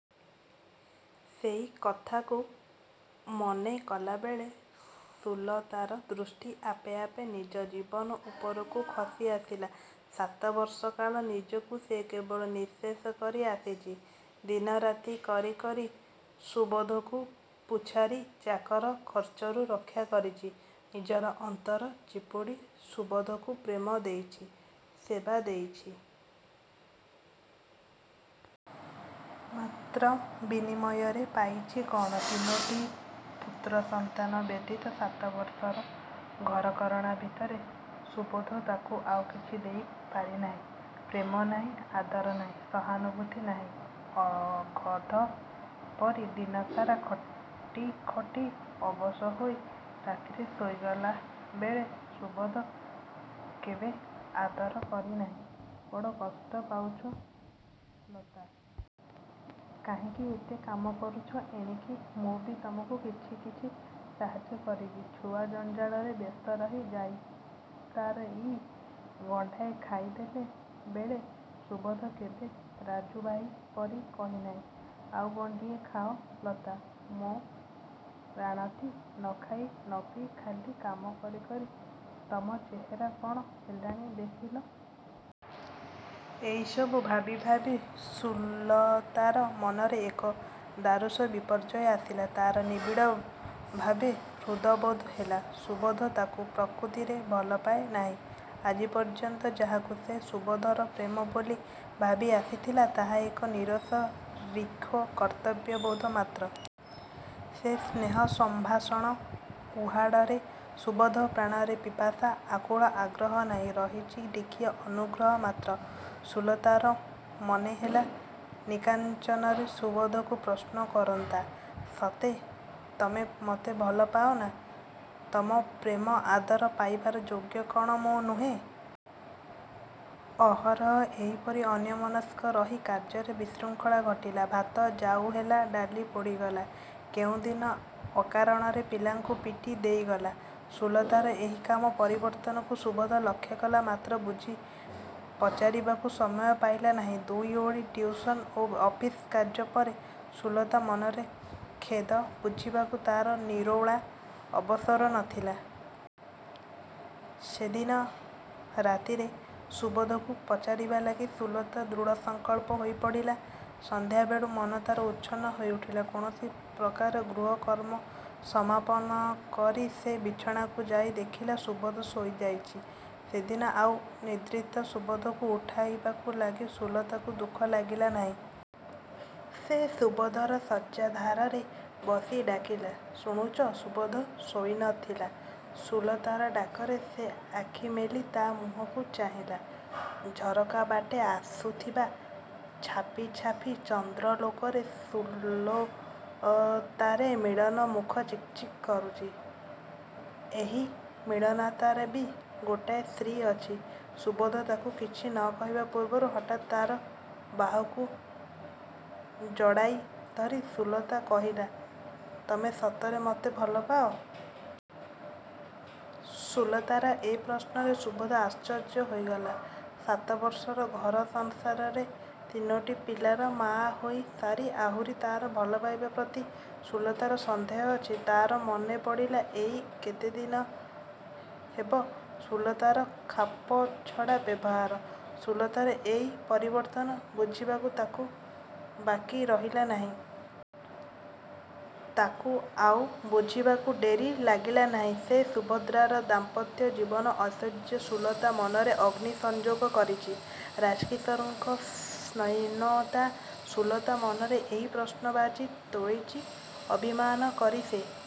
ସେଇ କଥାକୁ ମନେ କଲାବେଳେ ସୁଲତାର ଦୃଷ୍ଟି ଆପେ ଆପେ ନିଜ ଜୀବନ ଉପରକୁ ଖସି ଆସିଲା, ସାତବର୍ଷ କାଳ ନିଜକୁ ସେ କେବଳ ନିଃଶେଷ କରି ଆସିଚି। ଦିନରାତି କରି କରି ସୁବୋଧକୁ ପୁଝାରୀ ଚାକର ଖର୍ଚ୍ଚରୁ ରକ୍ଷା କରିଚି। ନିଜର ଅନ୍ତର ଚିପୁଡ଼ି ସୁବୋଧକୁ ପ୍ରେମ ଦେଇଛି, ସେବା ଦେଇଛି। ମାତ୍ର ବିନିମୟରେ ପାଇଛି କ'ଣ? ତିନୋଟି ପୁତ୍ରସନ୍ତାନ ବ୍ୟତୀତ ସାତବର୍ଷର ଘରକରଣା ଭିତରେ ସୁବୋଧ ତାକୁ ଆଉ କିଛି ଦେଇ ପାରିନାହିଁ। ପ୍ରେମ ନାହିଁ, ଆଦର ନାହିଁ, ସହାନୁଭୂତି ନାହିଁ। ଗଧ ପରି ଦିନସାରା ଖଟି ଖଟି ଅବଶ ହୋଇ ରାତିରେ ଶୋଇଗଲା ବେଳେ ସୁବୋଧ କେବେ ଆଦର କରି କହିନାହିଁ, "ବଡ଼ କଷ୍ଟ ପାଉଚ ଲତା। କାହିଁକି ଏତେ କାମ କରୁଚ? ଏଣିକି ମୁଁ ବି ତମକୁ କିଛି କିଛି ସାହାଯ୍ୟ କରିବି। "ଛୁଆ ଜଞ୍ଜାଳରେ ବ୍ୟସ୍ତ ରହି ଯାଇତାଇ ଗଣ୍ଡାଏ ଖାଇଦେଲା ବେଳେ ସୁବୋଧ କେବେ ରାଜୁଭାଇ ପରି କହିନାହିଁ, "ଆଉ ଗଣ୍ଡିଏ ଖାଅ ଲତା, ମୋ' ରାଣଟି। ନଖାଇ ନପିଇ ଖାଲି କାମ କରି କରି ତମ ଚେହେରା କ'ଣ ହେଲାଣି ଦେଖିଲ। "ଏଇସବୁ ଭାବି ଭାବି ସୁଲତାର ମନରେ ଏକ ଦାରୁଣ ବିପର୍ଯ୍ୟୟ ଆସିଲା। ତାର ନିବିଡ଼ ଭାବେ ହୃଦବୋଧ ହେଲା, ସୁବୋଧ ତାକୁ ପ୍ରକୃତରେ ଭଲପାଏ ନାହିଁ। ଆଜି ପର୍ଯ୍ୟନ୍ତ ଯାହାକୁ ସେ ସୁବୋଧର ପ୍ରେମ ବୋଲି ଭାବି ଆସିଥିଲା ତାହା ଏକ ନୀରସ ରୁକ୍ଷ କର୍ତ୍ତବ୍ୟବୋଧ ମାତ୍ର। ସେ ସ୍ନେହ ସମ୍ଭାଷଣ ଉହାଡ଼ରେ ସୁବୋଧର ପ୍ରାଣର ପିପାସା, ଆକୁଳ ଆଗ୍ରହ ନାହିଁ। ରହିଚି ଟିକିଏ ଅନୁଗ୍ରହ ମାତ୍ର। ସୁଲତାର ମନେହେଲା ନିକାଞ୍ଚନରେ ସୁବୋଧକୁ ପ୍ରଶ୍ନ କରନ୍ତା, "ସତେ ତମେ ମତେ ଭଲ ପାଅନା? ତମ ପ୍ରେମ ଆଦର ପାଇବାର ଯୋଗ୍ୟ କ'ଣ ମୁଁ ନୁହେଁ?" ଅହରହ ଏଇପରି ଅନ୍ୟମନସ୍କ ରହି କାର୍ଯ୍ୟରେ ବିଶୃଙ୍ଖଳା ଘଟିଲା। ଭାତ ଜାଉ ହେଲା, ଡାଲି ପୋଡ଼ିଗଲା। କେଉଁଦିନ ଅକାରଣରେ ପିଲାଙ୍କୁ ପିଟି ଦେଇଗଲା। ସୁଲତାର ଏହି କାମ ପରିବର୍ତ୍ତନକୁ ସୁବୋଧ ଲକ୍ଷ୍ୟକଲା। ମାତ୍ର ବୁଝି ପଚାରିବାକୁ ସମୟ ପାଇଲା ନାହିଁ। ଦୁଇ ଓଳି ଟିଉସନ ଓ ଅଫିସ କାର୍ଯ୍ୟ ପରେ ସୁଲତା ମନର ଖେଦ ବୁଝିବାକୁ ତାର ନିରୋଳା ଅବସର ନଥିଲା। ସେଦିନ ରାତିରେ ସୁବୋଧକୁ ପଚାରିବା ଲାଗି ସୁଲତା ଦୃଢ଼ସଂକଳ୍ପ ହୋଇ ପଡ଼ିଲା। ସନ୍ଧ୍ୟା ବେଳୁ ମନ ତାର ଉଚ୍ଛନ୍ନ ହୋଇଉଠିଲା। କୌଣସି ପ୍ରକାର ଗୃହ କର୍ମ ସମାପନ କରି ସେ ବିଛଣାକୁ ଯାଇ ଦେଖିଲା, ସୁବୋଧ ଶୋଇଯାଇଚି। ସେଦିନ ଆଉ ନିଦ୍ରିତ ସୁବୋଧକୁ ଉଠାଇବା ଲାଗି ସୁଲତାକୁ ଦୁଃଖ ଲାଗିଲା ନାହିଁ। ସେ ସୁବୋଧର ଶଯ୍ୟାଧାରରେ ବସି ଡାକିଲା, "ଶୁଣୁଚ?"ସୁବୋଧ ଶୋଇନଥିଲା। ସୁଲତାର ଡାକରେ ସେ ଆଖିମେଲି ତା ମୁହଁକୁ ଚାହିଁଲା। ଝରକାବାଟେ ଆସୁଥିବା ଛାପିଛାପି ଚନ୍ଦ୍ରାଲୋକରେ ସୁଲତାର ମଳିନ ମୁଖ ଚିକ୍‌ଚିକ୍ କରୁଚି। ଏଇ ମଳିନତାର ବି ଗୋଟାଏ ଶ୍ରୀ ଅଛି। ସୁବୋଧ ତାକୁ କିଛି ନ କହିବା ପୂର୍ବରୁ ହଠାତ୍ ତାର ବାହୁକୁ ଜଡ଼ାଇ ଧରି ସୁଲତା କହିଲା, "ତମେ ସତରେ ମତେ ଭଲପାଅ?" ସୁଲତାର ଏ ପ୍ରଶ୍ନରେ ସୁବୋଧ ଆଶ୍ଚର୍ଯ୍ୟ ହୋଇଗଲା। ସାତବର୍ଷର ଘର ସଂସାରରେ ତିନୋଟି ପିଲାର ମାଆ ହୋଇ ସାରି ଆହୁରି ତାର ଭଲପାଇବା ପ୍ରତି ସୁଲତାର ସନ୍ଦେହ ଅଛି? ତାର ମନେପଡ଼ିଲା ଏଇ କେତେଦିନ ହେବ ସୁଲତାର ଖାପଛଡ଼ା ବ୍ୟବହାର। ସୁଲତାର ଏଇ ପରିବର୍ତ୍ତନ ବୁଝିବାକୁ ତାକୁ ବାକି ରହିଲା ନାହିଁ। ତାକୁ ଆଉ ବୁଝିବାକୁ ଡେରି ଲାଗିଲାନାହିଁ, ଯେ ସୁଭଦ୍ରାର ଦାମ୍ପତ୍ୟ ଜୀବନ, ଐଶ୍ଵର୍ଯ୍ୟ ସୁଲତା ମନରେ ଅଗ୍ନି ସଂଯୋଗ କରିଛି। ରାଜକିଶୋରଙ୍କର ସ୍ତ୍ରୈଣତା ସୁଲତା ମନରେ ଏହି ପ୍ରଶ୍ନବାଚୀ ତୋଳିଚି, ଅଭିମାନ କରି ସେ